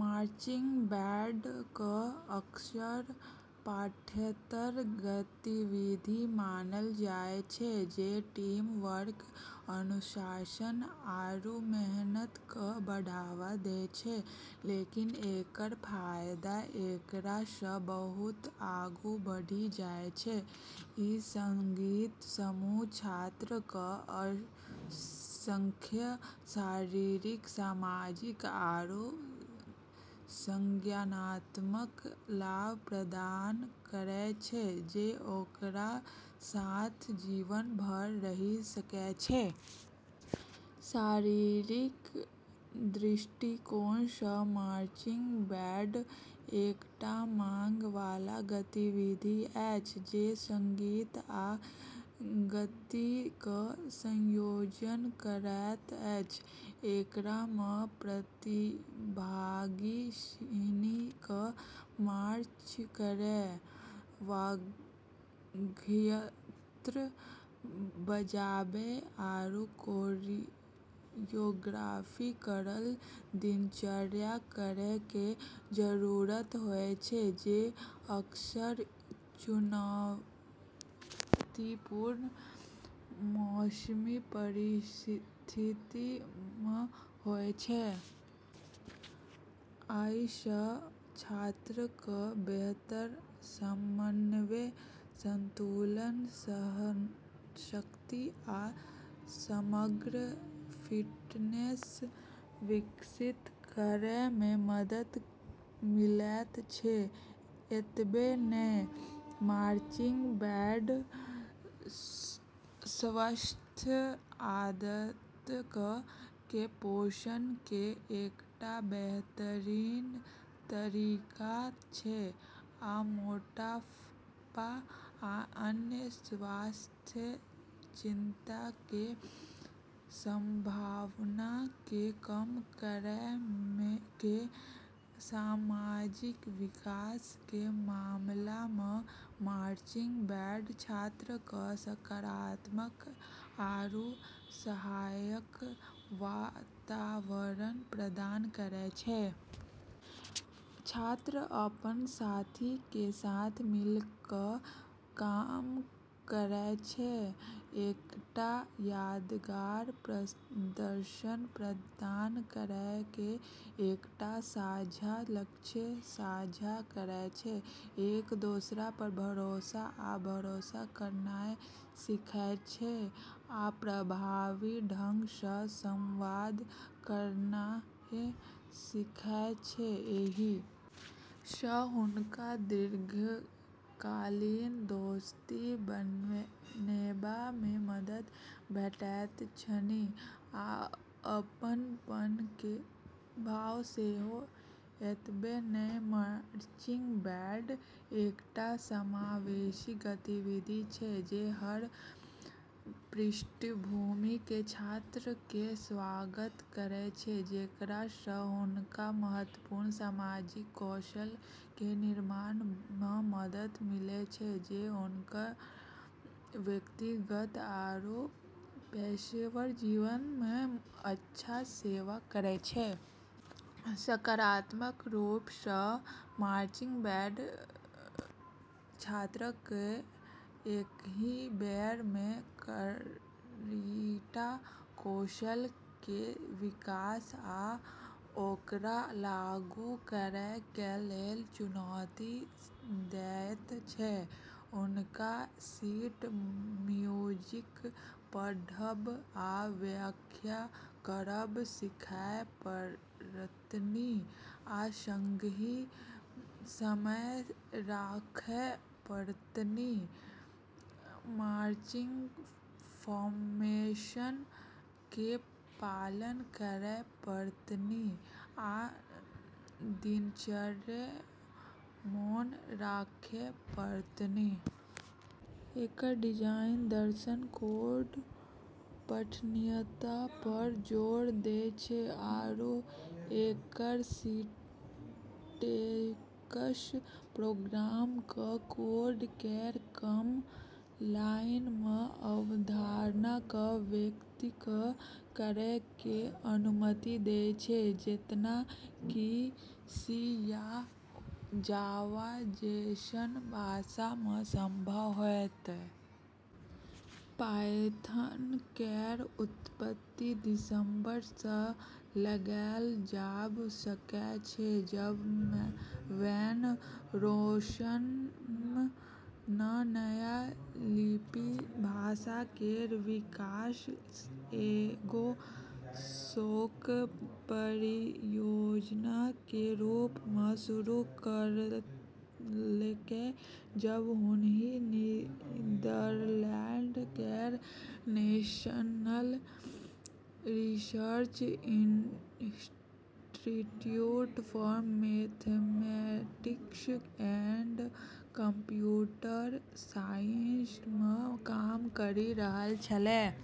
Marching band कऽ अक्सर पाठ्येतर गतिविधि मानलऽ जाय छै जे टीम वर्क, अनुशासन, आरू मेहनत कऽ बढ़ावा दै छै, लेकिन एकरऽ फायदा एकरा सऽ बहुत आगू बढ़ी जाय छै। ई संगीत समूह छात्रऽ कऽ असंख्य शारीरिक, सामाजिक, आरू संज्ञानात्मक लाभ प्रदान करै छै जे ओकरा साथ जीवन भर रहि सकै छै। शारीरिक दृष्टिकोण सऽ मार्चिंग बैंड एकटा मांग वाला गतिविधि अछि जे संगीत आ गति क संयोजन करैत अछि। एकरा मऽ प्रतिभागी सिनी कऽ मार्च करै, वाद्ययंत्र बजाबै आरू कोरियोग्राफी करलऽ दिनचर्या करै के जरूरत होय छै, जे अक्सर चुनौतीपूर्ण मौसमी परिस्थिति मऽ होय छै। अइ सं छात्रक बेहतर समन्वय, संतुलन, सहनशक्ति, आ समग्र फिटनेस विकसित करय मे मदद मिलयत छै। एतबे नै, मार्चिंग बैंड स्वस्थ आदतक के पोषण के एकटा बेहतरीन तरीका छै, आ मोटापा आ अन्य स्वास्थ्य चिंता के संभावना के कम करय के सामाजिक विकास के मामला मऽ मार्चिंग बैंड छात्रऽ कऽ सकारात्मक आरू सहायक वातावरण प्रदान करै छै। छात्र अपन साथी के साथ मिलक क काम करय छै, एकटा यादगार प्रदर्शन प्रदान करय के एकटा साझा लक्ष्य साझा करय छै। एक दोसरा पर भरोसा आ भरोसा करनाय सीखय छै, आ प्रभावी ढंग सऽ संवाद करनाय सीखय छै। एहि सऽ हुनका दीर्घकालीन दोस्ती बनेबा मे मदद भेटैत छनि, आ अपनपन के भाव सेहो एतबे नै, मार्चिंग बैंड एकटा समावेशी गतिविधि छै जे हर पृष्ठभूमि के छात्रऽ के स्वागत करै छै, जेकरा सऽ हुनका महत्वपूर्ण सामाजिक कौशल के निर्माण मऽ मदद मिलै छै जे हुनकऽ व्यक्तिगत आरू पेशेवर जीवन म॑ अच्छा सेवा करै छै। संज्ञानात्मक रूप सऽ मार्चिंग बैंड छात्रक कें एकहि बेर मे कईटा कौशल कें विकास आ ओकरा लागू करय के लेल चुनौती देयत छै ।हुनका शीट म्यूजिक पढ़ब आ व्याख्या करब सीखय पड़तनि आ संगहि समय राखय पड़तनि, मार्चिंग फॉर्मेशन के पालन करय पड़तनि, आ दिनचर्या मोन राखय पड़तनि। एकरऽ डिजाइन दर्शन कोड पठनीयता पऽ जोर दै छै, आरू एकरऽ सिंटैक्स प्रोग्रामर कऽ कोड केरऽ कम लाइन मऽ अवधारणा कऽ व्यक्त करै के अनुमति दै छै, जेतना कि सी या जावा जैसनऽ भाषा मऽ संभव होतै। पायथन केरऽ उत्पत्ति दिसंबर सऽ लगैलऽ जाबऽ सकै छै, जब वैन रोसम नऽ नया लिपि भाषा केरऽ विकास एगो शौक परियोजना के रूप मऽ शुरू करलकै, जब हुनी नीदरलैंड केरऽ National Research Institute for Mathematics and Computer Science मऽ काम करी रहलऽ छेलै।